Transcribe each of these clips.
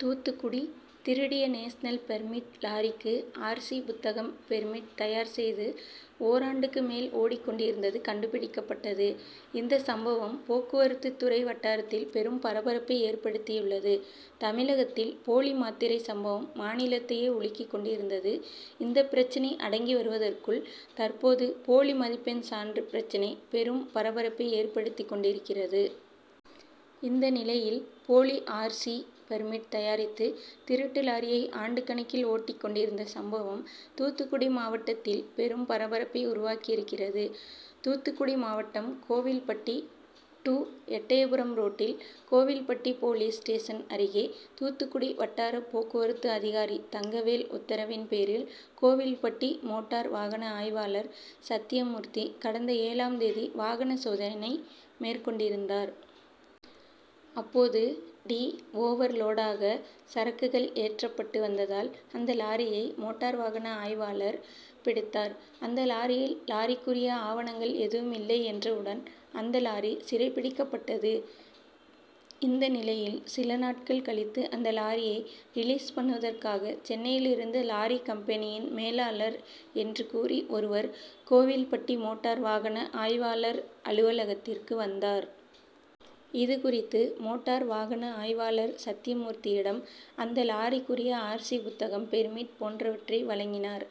தூத்துக்குடி திருடிய national permit லாரிக்கு R. C புத்தகம் பெர்மிட் தயார் செய்து ஓராண்டுக்கு மேல் ஓடிக் கொண்டிருந்தது கண்டுபிடிக்கப்பட்டது. இந்த சம்பவம் போக்குவரத்துறை வட்டாரத்தில் பெரும் பரபரப்பை ஏற்படுத்தியுள்ளது. தமிழகத்தில் போலி மாத்திரை சம்பவம் மாநிலத்தையே உலுக்கி கொண்டிருந்தது. இந்த பிரச்னை அடங்கி வருவதற்குள் தற்போது போலி மதிப்பெண் சான்று பிரச்னை பெரும் பரபரப்பை ஏற்படுத்தி கொண்டிருக்கிறது. இந்த நிலையில் போலி ஆர். சி. பெர்மிட் தயாரித்து திருட்டு லாரியை ஆண்டுக் கணக்கில் ஓட்டி கொண்டிருந்த சம்பவம் தூத்துக்குடி மாவட்டத்தில் பெரும் பரபரப்பை உருவாக்கி இருக்கிறது. தூத்துக்குடி மாவட்டம் கோவில்பட்டி டூ எட்டயபுரம் ரோட்டில் கோவில்பட்டி போலீஸ் ஸ்டேஷன் அருகே தூத்துக்குடி வட்டார போக்குவரத்து அதிகாரி தங்கவேல் உத்தரவின் பேரில் கோவில்பட்டி மோட்டார் வாகன ஆய்வாளர் சத்தியமூர்த்தி கடந்த ஏழாம் தேதி வாகன சோதனை மேற்கொண்டிருந்தார். அப்போது டி. ஓவர் லோடாக சரக்குகள் ஏற்றப்பட்டு வந்ததால் அந்த லாரியை மோட்டார் வாகன ஆய்வாளர் பிடித்தார். அந்த லாரியில் லாரிக்குரிய ஆவணங்கள் எதுவும் இல்லை என்றவுடன் அந்த லாரி சிறைப்பிடிக்கப்பட்டது. இந்த நிலையில் சில நாட்கள் கழித்து அந்த லாரியை ரிலீஸ் பண்ணுவதற்காக சென்னையில் இருந்து லாரி கம்பெனியின் மேலாளர் என்று கூறி ஒருவர் கோவில்பட்டி மோட்டார் வாகன ஆய்வாளர் அலுவலகத்திற்கு வந்தார். இது குறித்து மோட்டார் வாகன ஆய்வாளர் சத்தியமூர்த்தியிடம் அந்த லாரிக்குரிய ஆர். சி புத்தகம் பெர்மிட் போன்றவற்றை வழங்கினார்.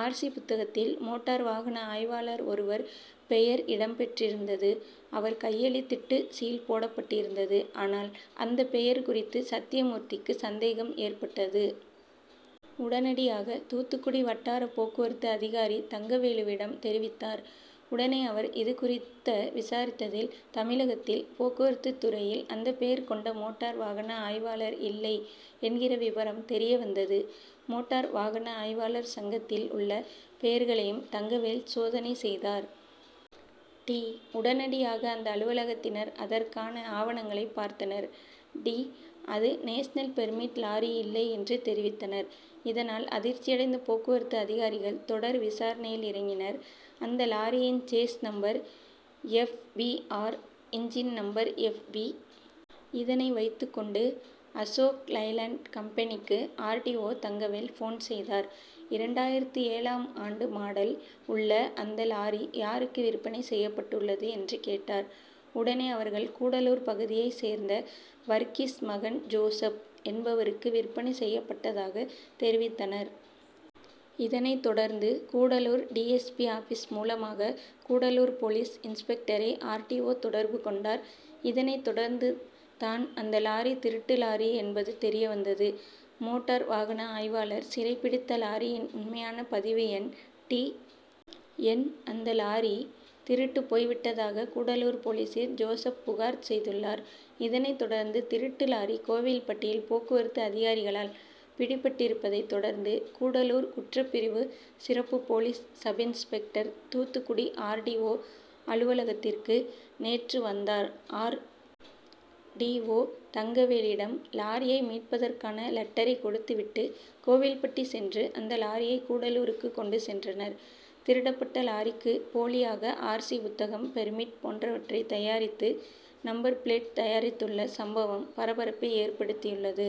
ஆர். சி. புத்தகத்தில் மோட்டார் வாகன ஆய்வாளர் ஒருவர் பெயர் இடம் பெற்றிருந்தது. அவர் கையெழுத்திட்டு சீல் போடப்பட்டிருந்தது. ஆனால் அந்த பெயர் குறித்து சத்தியமூர்த்திக்கு சந்தேகம் ஏற்பட்டது. உடனடியாக தூத்துக்குடி வட்டார போக்குவரத்து அதிகாரி தங்கவேலுவிடம் தெரிவித்தார். உடனே அவர் இது குறித்த விசாரித்ததில் தமிழகத்தில் போக்குவரத்துதுறையில் அந்த பெயர் கொண்ட மோட்டார் வாகன ஆய்வாளர் இல்லை என்கிற விபரம் தெரியவந்தது. மோட்டார் வாகன ஆய்வாளர் சங்கத்தில் உள்ள பெயர்களையும் தங்கவேல் சோதனை செய்தார். டி. உடனடியாக அந்த அலுவலகத்தினர் அதற்கான ஆவணங்களை பார்த்தனர். டி. அது நேஷனல் பெர்மிட் லாரி இல்லை என்று தெரிவித்தனர். இதனால் அதிர்ச்சியடைந்த போக்குவரத்து அதிகாரிகள் தொடர் விசாரணையில் இறங்கினர். அந்த லாரியின் chassis number F. B. R, engine number F. B. இதனை வைத்துக் கொண்டு அசோக்லைலென்ட் கம்பெனிக்கு R. T. O Thangavel phone செய்தார். இரண்டாயிரத்து ஏழாம் ஆண்டு மாடல் உள்ள அந்த லாரி யாருக்கு விற்பனை செய்யப்பட்டுள்ளது என்று கேட்டார். உடனே அவர்கள் கூடலூர் பகுதியை சேர்ந்த வர்கீஸ் மகன் ஜோசப் என்பவருக்கு விற்பனை செய்யப்பட்டதாக தெரிவித்தனர். இதனை தொடர்ந்து Gudalur D. S. P office மூலமாக கூடலூர் போலீஸ் இன்ஸ்பெக்டரை ஆர். டி. ஓ தொடர்பு கொண்டார். இதனை தொடர்ந்து தான் அந்த லாரி திருட்டு லாரி என்பது தெரியவந்தது. மோட்டார் வாகன ஆய்வாளர் சிறைபிடித்த லாரியின் உண்மையான பதிவு எண் டி. என். அந்த லாரி திருட்டு போய் விட்டதாக கூடலூர் போலீசில் ஜோசப் புகார் செய்துள்ளார். இதனை தொடர்ந்து திருட்டு லாரி கோவில்பட்டியில் போக்குவரத்து அதிகாரிகளால் பிடிபட்டிருப்பதை தொடர்ந்து கூடலூர் குற்றப்பிரிவு சிறப்பு police sub inspector Thoothukudi R. T. O அலுவலகத்திற்கு நேற்று வந்தார். ஆர். டி. ஓ தங்கவேலிடம் லாரியை மீட்பதற்கான லட்டரை கொடுத்து விட்டு கோவில்பட்டி சென்று அந்த லாரியை கூடலூருக்கு கொண்டு சென்றனர். திருடப்பட்ட லாரிக்கு போலியாக ஆர். சி புத்தகம் பெர்மிட் போன்றவற்றை தயாரித்து நம்பர் பிளேட் தயாரித்துள்ள சம்பவம் பரபரப்பை ஏற்படுத்தியுள்ளது.